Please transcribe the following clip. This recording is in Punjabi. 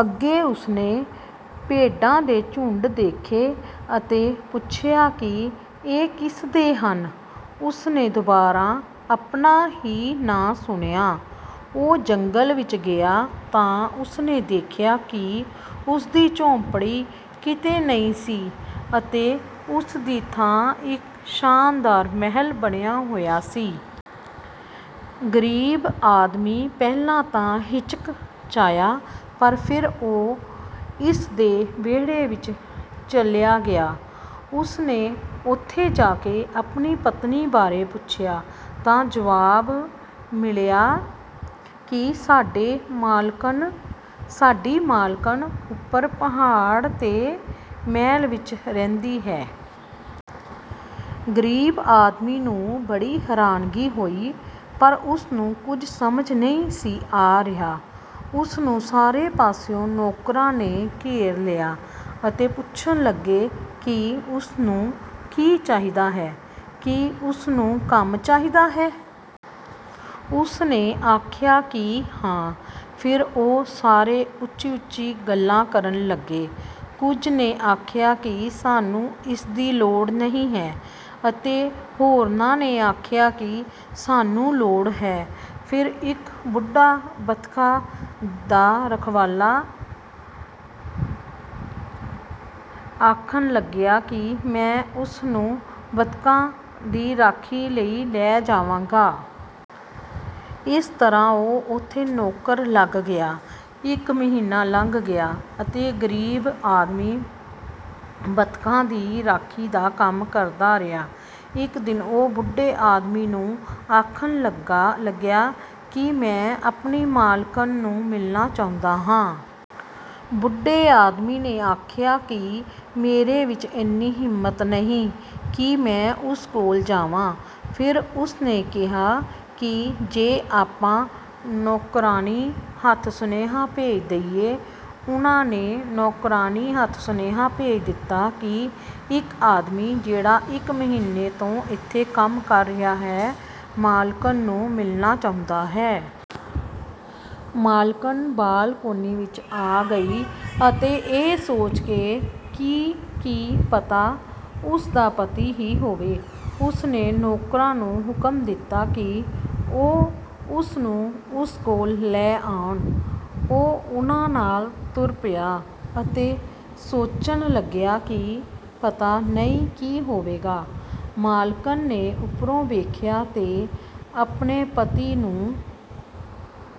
ਅੱਗੇ ਉਸ ਨੇ ਭੇਡਾਂ ਦੇ ਝੁੰਡ ਦੇਖੇ ਅਤੇ ਪੁੱਛਿਆ ਕਿ ਇਹ ਕਿਸ ਦੇ ਹਨ। ਉਸ ਨੇ ਦੁਬਾਰਾ ਆਪਣਾ ਹੀ ਨਾਂ ਸੁਣਿਆ। ਉਹ ਜੰਗਲ ਵਿੱਚ ਗਿਆ ਤਾਂ ਉਸ ਨੇ ਦੇਖਿਆ ਕਿ ਉਸ ਦੀ ਝੌਂਪੜੀ ਕਿਤੇ ਨਹੀਂ ਸੀ ਅਤੇ ਉਸ ਦੀ ਥਾਂ ਇੱਕ ਸ਼ਾਨਦਾਰ ਮਹਿਲ ਬਣਿਆ ਹੋਇਆ ਸੀ। ਗ਼ਰੀਬ ਆਦਮੀ ਪਹਿਲਾਂ ਤਾਂ ਹਿਚਕਚਾਇਆ ਪਰ ਫਿਰ ਉਹ ਇਸ ਦੇ ਵਿਹੜੇ ਵਿੱਚ ਚਲਿਆ ਗਿਆ। ਉਸ ਨੇ ਉੱਥੇ ਜਾ ਕੇ ਆਪਣੀ ਪਤਨੀ ਬਾਰੇ ਪੁੱਛਿਆ ਤਾਂ ਜੁਆਬ ਮਿਲਿਆ ਕਿ ਸਾਡੀ ਮਾਲਕਣ ਉੱਪਰ ਪਹਾੜ 'ਤੇ ਮਹਿਲ ਵਿੱਚ ਰਹਿੰਦੀ ਹੈ। ਗ਼ਰੀਬ ਆਦਮੀ ਨੂੰ ਬੜੀ ਹੈਰਾਨੀ ਹੋਈ ਪਰ ਉਸ ਨੂੰ ਕੁਝ ਸਮਝ ਨਹੀਂ ਸੀ ਆ ਰਿਹਾ। ਉਸ ਨੂੰ ਸਾਰੇ ਪਾਸਿਓਂ ਨੌਕਰਾਂ ਨੇ ਘੇਰ ਲਿਆ ਅਤੇ ਪੁੱਛਣ ਲੱਗੇ ਕਿ ਉਸ ਨੂੰ ਕੀ ਚਾਹੀਦਾ ਹੈ, ਕੀ ਉਸ ਨੂੰ ਕੰਮ ਚਾਹੀਦਾ ਹੈ। ਉਸ ਨੇ ਆਖਿਆ ਕਿ ਹਾਂ। ਫਿਰ ਉਹ ਸਾਰੇ ਉੱਚੀ-ਉੱਚੀ ਗੱਲਾਂ ਕਰਨ ਲੱਗੇ। ਕੁਝ ਨੇ ਆਖਿਆ ਕਿ ਸਾਨੂੰ ਇਸ ਦੀ ਲੋੜ ਨਹੀਂ ਹੈ ਅਤੇ ਹੋਰਨਾਂ ਨੇ ਆਖਿਆ ਕਿ ਸਾਨੂੰ ਲੋੜ ਹੈ। ਫਿਰ ਇੱਕ ਬੁੱਢਾ ਬੱਤਖਾਂ ਦਾ ਰਖਵਾਲਾ ਆਖਣ ਲੱਗਿਆ ਕਿ ਮੈਂ ਇਸ ਨੂੰ ਬੱਤਖਾਂ ਦੀ ਰਾਖੀ ਲਈ ਲੈ ਜਾਵਾਂਗਾ। ਇਸ ਤਰ੍ਹਾਂ ਉਹ ਉੱਥੇ ਨੌਕਰ ਲੱਗ ਗਿਆ। ਇੱਕ ਮਹੀਨਾ ਲੰਘ ਗਿਆ ਅਤੇ ਗ਼ਰੀਬ ਆਦਮੀ ਬੱਤਖਾਂ ਦੀ ਰਾਖੀ ਦਾ ਕੰਮ ਕਰਦਾ ਰਿਹਾ। ਇੱਕ ਦਿਨ ਉਹ ਬੁੱਢੇ ਆਦਮੀ ਨੂੰ ਆਖਣ ਲੱਗਿਆ ਕਿ ਮੈਂ ਆਪਣੀ ਮਾਲਕਣ ਨੂੰ ਮਿਲਣਾ ਚਾਹੁੰਦਾ ਹਾਂ। ਬੁੱਢੇ ਆਦਮੀ ਨੇ ਆਖਿਆ ਕਿ ਮੇਰੇ ਵਿੱਚ ਐਨੀ ਹਿੰਮਤ ਨਹੀਂ ਕਿ ਮੈਂ ਉਸ ਕੋਲ ਜਾਵਾਂ। ਫਿਰ ਉਸ ਨੇ ਕਿਹਾ ਕਿ ਜੇ ਆਪਾਂ ਨੌਕਰਾਣੀ ਹੱਥ ਸੁਨੇਹਾ ਭੇਜ ਦੇਈਏ। ਉਨ੍ਹਾਂ ਨੇ ਨੌਕਰਾਣੀ ਹੱਥ ਸੁਨੇਹਾ ਭੇਜ ਦਿੱਤਾ ਕਿ ਇੱਕ ਆਦਮੀ, ਜਿਹੜਾ ਇੱਕ ਮਹੀਨੇ ਤੋਂ ਇੱਥੇ ਕੰਮ ਕਰ ਰਿਹਾ ਹੈ, ਮਾਲਕਣ ਨੂੰ ਮਿਲਣਾ ਚਾਹੁੰਦਾ ਹੈ। ਮਾਲਕਣ ਬਾਲਕੋਨੀ ਵਿੱਚ ਆ ਗਈ ਅਤੇ ਇਹ ਸੋਚ ਕੇ ਕਿ ਕੀ ਪਤਾ ਉਸ ਦਾ ਪਤੀ ਹੀ ਹੋਵੇ, ਉਸ ਨੇ ਨੌਕਰਾਂ ਨੂੰ ਹੁਕਮ ਦਿੱਤਾ ਕਿ ਉਹ ਉਸ ਨੂੰ ਉਸ ਕੋਲ ਲੈ ਆਉਣ। ਉਹ ਉਨ੍ਹਾਂ ਨਾਲ ਤੁਰ ਪਿਆ ਅਤੇ ਸੋਚਣ ਲੱਗਿਆ ਕਿ ਪਤਾ ਨਹੀਂ ਕੀ ਹੋਵੇਗਾ। ਮਾਲਕਣ ਨੇ ਉੱਪਰੋਂ ਵੇਖਿਆ ਤੇ ਆਪਣੇ ਪਤੀ ਨੂੰ